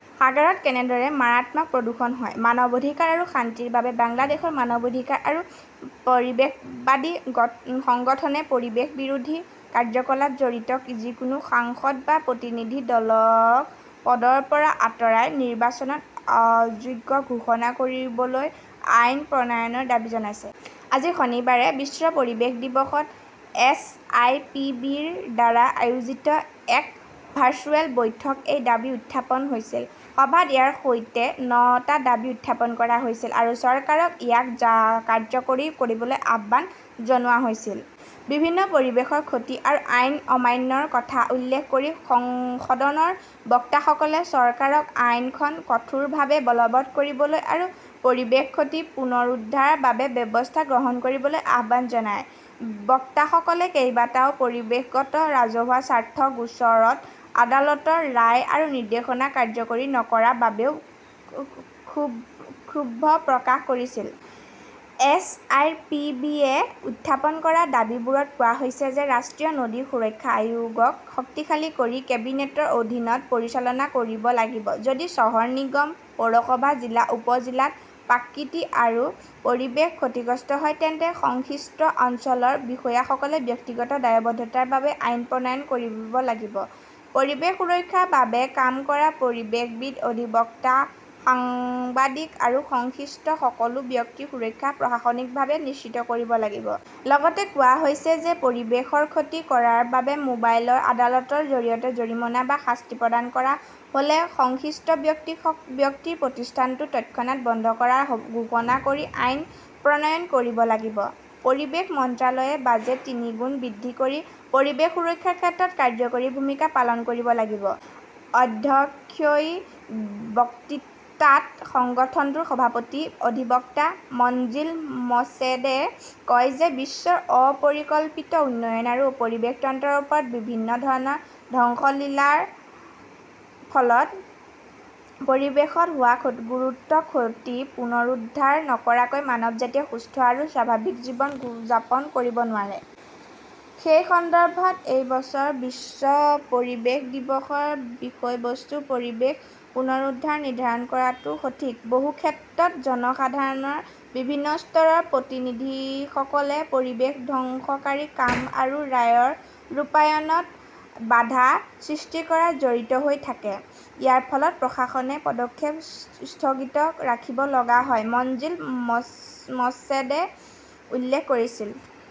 সাগৰত কেনেদৰে মাৰাত্মক প্ৰদূষণ হয়? মানৱ অধিকাৰ আৰু শান্তিৰ বাবে বাংলাদেশৰ মানৱ অধিকাৰ আৰু পৰিৱেশবাদী সংগঠনে পৰিৱেশ বিৰোধী কাৰ্যকলাপ জড়িত যিকোনো সাংসদ বা প্ৰতিনিধি দলক পদৰ পৰা আঁতৰাই নিৰ্বাচনত অযোগ্য ঘোষণা কৰিবলৈ আইন প্ৰণয়নৰ দাবী জনাইছে। আজি শনিবাৰে বিশ্ব পৰিৱেশ দিৱসত এইচ. আৰ. পি. বি. -ৰ দ্বাৰা আয়োজিত এক ভাৰ্চুৱেল বৈঠক এই দাবী উত্থাপন হৈছিল। সভাত ইয়াৰ সৈতে নটা দাবী উত্থাপন কৰা হৈছিল আৰু চৰকাৰক ইয়াক কাৰ্যকৰী কৰিবলৈ আহ্বান জনোৱা হৈছিল। বিভিন্ন পৰিৱেশৰ ক্ষতি আৰু আইন অমান্যৰ কথা উল্লেখ কৰি সদনৰ বক্তাসকলে চৰকাৰক আইনখন কঠোৰভাৱে বলৱৎ কৰিবলৈ আৰু পৰিৱেশ ক্ষতি পুনৰুদ্ধাৰৰ বাবে ব্যৱস্থা গ্ৰহণ কৰিবলৈ আহ্বান জনায়। বক্তাসকলে কেইবাটাও পৰিৱেশগত ৰাজহুৱা স্বাৰ্থৰ গোচৰত আদালতৰ ৰায় আৰু নিৰ্দেশনা কাৰ্যকৰী নকৰাৰ বাবেও ক্ষোভ প্ৰকাশ কৰিছিল। এইচ. আৰ. পি. বি. য়ে উত্থাপন কৰা দাবীবোৰত কোৱা হৈছে যে ৰাষ্ট্ৰীয় নদী সুৰক্ষা আয়োগক শক্তিশালী কৰি কেবিনেটৰ অধীনত পৰিচালনা কৰিব লাগিব। যদি চহৰ নিগম, পৌৰসভা, জিলা, উপ জিলাত প্ৰকৃতি আৰু পৰিৱেশ ক্ষতিগ্ৰস্ত হয় তেন্তে সংশ্লিষ্ট অঞ্চলৰ বিষয়াসকলে ব্যক্তিগত দায়বদ্ধতাৰ বাবে আইন প্ৰণয়ন কৰিব লাগিব। পৰিৱেশ সুৰক্ষাৰ বাবে কাম কৰা পৰিৱেশবিদ, অধিবক্তা, সাংবাদিক আৰু সংশ্লিষ্ট সকলো ব্যক্তিৰ সুৰক্ষা প্ৰশাসনিকভাৱে নিশ্চিত কৰিব লাগিব। লগতে কোৱা হৈছে যে পৰিৱেশৰ ক্ষতি কৰাৰ বাবে মোবাইল আদালতৰ জৰিয়তে জৰিমনা বা শাস্তি প্ৰদান কৰা হ'লে সংশ্লিষ্ট ব্যক্তিৰ প্ৰতিষ্ঠানটো তৎক্ষণাত বন্ধ কৰা ঘোষণা কৰি আইন প্ৰণয়ন কৰিব লাগিব। পৰিৱেশ মন্ত্ৰালয়ে বাজেট তিনিগুণ বৃদ্ধি কৰি পৰিৱেশ সুৰক্ষাৰ ক্ষেত্ৰত কাৰ্যকৰী ভূমিকা পালন কৰিব লাগিব। অধ্যক্ষীয় বক্তৃতাত সংগঠনটোৰ সভাপতি অধিবক্তা মনজিল মৰ্ছেদে কয় যে বিশ্বৰ অপৰিকল্পিত উন্নয়ন আৰু পৰিৱেশ তন্ত্ৰৰ ওপৰত বিভিন্ন ধৰণৰ ধ্বংসলীলাৰ ফলত পৰিৱেশত হোৱা গুৰুতৰ ক্ষতি পুনৰুদ্ধাৰ নকৰাকৈ মানৱজাতিয়ে সুস্থ আৰু স্বাভাৱিক জীৱন যাপন কৰিব নোৱাৰে। সেই সন্দৰ্ভত এই বছৰৰ বিশ্ব পৰিৱেশ দিৱসৰ বিষয়বস্তু পৰিৱেশ পুনৰুদ্ধাৰ নিৰ্ধাৰণ কৰাটো সঠিক। বহু ক্ষেত্ৰত জনসাধাৰণৰ বিভিন্ন স্তৰৰ প্ৰতিনিধিসকলে পৰিৱেশ ধ্বংসকাৰী কাম আৰু ৰায়ৰ ৰূপায়ণত বাধা সৃষ্টি কৰাত জড়িত হৈ থাকে। ইয়াৰ ফলত প্ৰশাসনে পদক্ষেপ স্থগিত ৰাখিব লগা হয়, মনজিল মৰ্ছেদে উল্লেখ কৰিছিল।